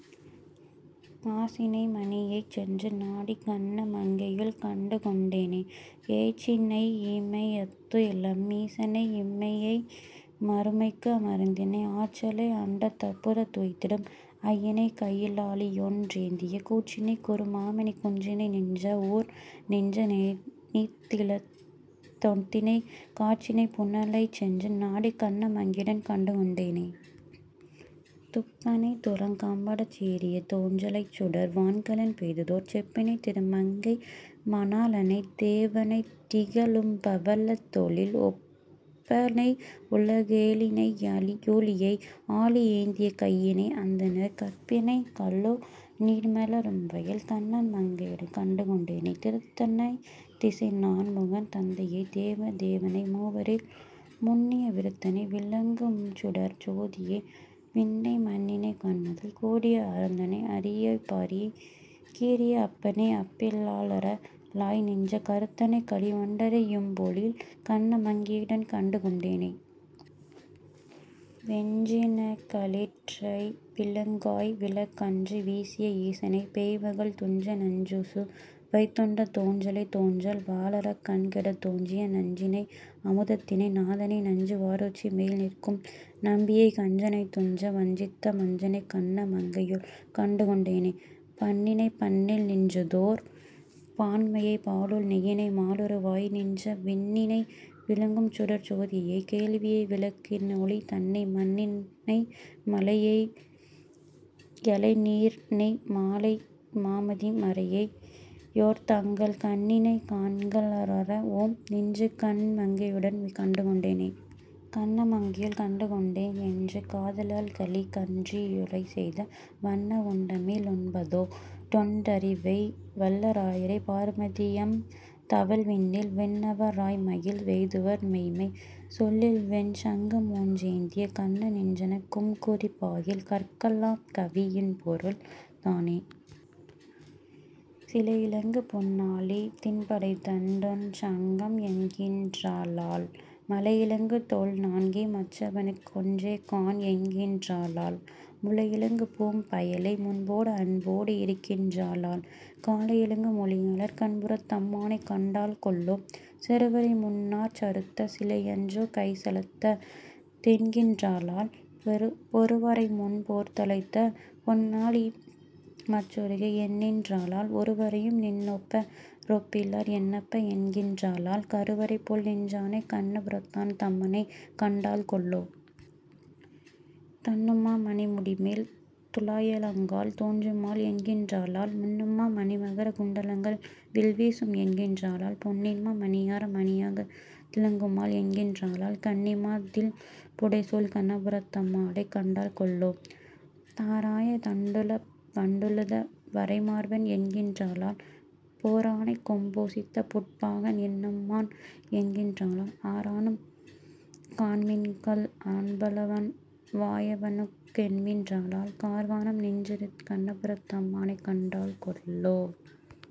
காசி னைமணி யைச்சென்று நாடிக் கண்ண மங்கையுள் கண்டுகொண் டேனே. ஏற்றி னையிம யத்துளெம் மீசனை இம்மை யைமறு மைக்கு மருந்தினை, ஆற்ற லை அண்டத் தப்புறத் துய்த்திடும் ஐய னைக்கையி லாழியொன் றேந்திய கூற்றி னை, குரு மாமணிக் குன்றினை நின்ற வூர்நின்ற நித்திலத் தொத்தினை, காற்றி னைப்புன லைச்சென்று நாடிக் கண்ண மங்கையுள் கண்டுகொண் டேனே. துப்ப னைத்துரங் கம்படச் சீறிய தோன்ற லைச்சுடர் வான்கலன் பெய்ததோர் செப்பி னை, திரு மங்கைம ணாளனைத் தேவ னைத்திக ழும்பவ ளத்தொளி ஒப்ப னை, உல கேழினை யூழியை ஆழி யேந்திய கையனை அந்தணர் கற்பி னை, கழு நீர்மல ரும்வயல் கண்ண மங்கையுள் கண்டுகொண் டேனே. திருத்த னைத்திசை நான்முகன் தந்தையைத் தேவ தேவனை மூவரில் முன்னிய விருத்த னை, விளங் கும்சுடர்ச் சோதியை விண்ணை மண்ணினைக் கண்ணுதல் கூடிய அருத்த னை, அரி யைப்பரி கீறிய அப்ப னை அப்பி லாரழ லாய்நின்ற கருத்த னை, களி வண்டறை யும்பொழில் கண்ண மங்கையுள் கண்டுகொண் டேனே. வெஞ்சி னக்களிற் றைவிளங் காய்விழக் கன்று வீசிய ஈசனை, பேய்மகள் துஞ்ச நஞ்சுசு வைத்துண்ட தோன்றலைத் தோன்றல் வாளரக் கன்கெடத் தோன்றிய நஞ்சி னை, அமு தத்தினை நாதனை நச்சு வாருச்சி மேல்நிற்கும் நம்பியை, கஞ்ச னைத்துஞ்ச வஞ்சித்த வஞ்சனைக், கண்ண மங்கையுள் கண்டுகொண் டேனே. பண்ணி னைப்பண்ணில் நின்றதோர் பான்மையைப் பாலுள் நெய்யினை மாலுரு வாய்நின்ற விண்ணி னை, விளங் கும்சுடர்ச் சோதியை வேள்வி யைவிளக் கினொளி தன்னை, மண்ணி னைமலை யையலை நீரினை மாலை மாமதி யைமறை யோர்தங்கள் கண்ணி னை, கண்க ளாரள வும்நின்று கண்ண மங்கையுள் கண்டுகொண் டேனே. கண்ண மங்கையுள் கண்டுகொண் டேன் என்று காத லால்கலி கன்றியு ரைசெய்த, வண்ண வொண்டமி ழொன்பதோ டொன்றிவை வல்ல ராயுரைப் பார்மதி யம்தவழ் விண்ணில் விண்ணவ ராய்மகிழ் வெய்துவர் மெய்ம்மை சொல்லில்வெண் சங்கமொன் றேந்திய கண்ண, நின்றனக் கும்குறிப் பாகில் கற்க லாம்கவி யின்பொருள் தானே. சிலையிலங்கு பொன்னாழி திண்படைதண் டொண்சங்கம் என்கின் றாளால், மலையிலங்கு தோள்நான்கே மற்றவனுக் கெற்றேகாண் என்கின் றாளால், முலையிலங்கு பூம்பயலை முன்போட அன்போடி யிருக்கின் றாளால், கலையிலங்கு மொழியாளர் கண்ணபுரத் தம்மானைக் கண்டாள் கொல்லோ.. செருவரைமுன் னாசறுத்த சிலையன்றோ கைத்தலத்த தென்கின் றாளால், பொருவரைமுன் போர்தொலைத்த பொன்னாழி மற்றொருகை என்கின் றாளால், ஒருவரையும் நின்னொப்பா ரொப்பிலர் என்னப்பா என்கின் றாளால், கருவரைபோல் நின்றானைக் கண்ணபுரத் தம்மானைக் கண்டாள் கொல்லோ.. துன்னுமா மணிமுடிமேல் துழாயலங்கல் தோன்றுமால் என்கின் றாளால், மின்னுமா மணிமகர குண்டலங்கள் வில்வீசும் என்கின் றாளால், பொன்னின்மா மணியாரம் அணியாகத் திலங்குமால் என்கின் றாளால், கன்னிமா மதிள்புடைசூழ் கண்ணபுரத் தம்மானைக் கண்டாள் கொல்லோ.. தாராய தண்டுளப வண்டுழுத வரைமார்பன் என்கின் றாளால், போரானைக் கொம்பொசித்த புட்பாகன் என்னம்மான் என்கின் றாளால், ஆரானும் காண்மின்கள் அம்பவளம் வாயவனுக் கென்கின் றாளால், கார்வானம் நின்றதிருக் கண்ணபுரத் தம்மானைக் கண்டாள் கொல்லோ..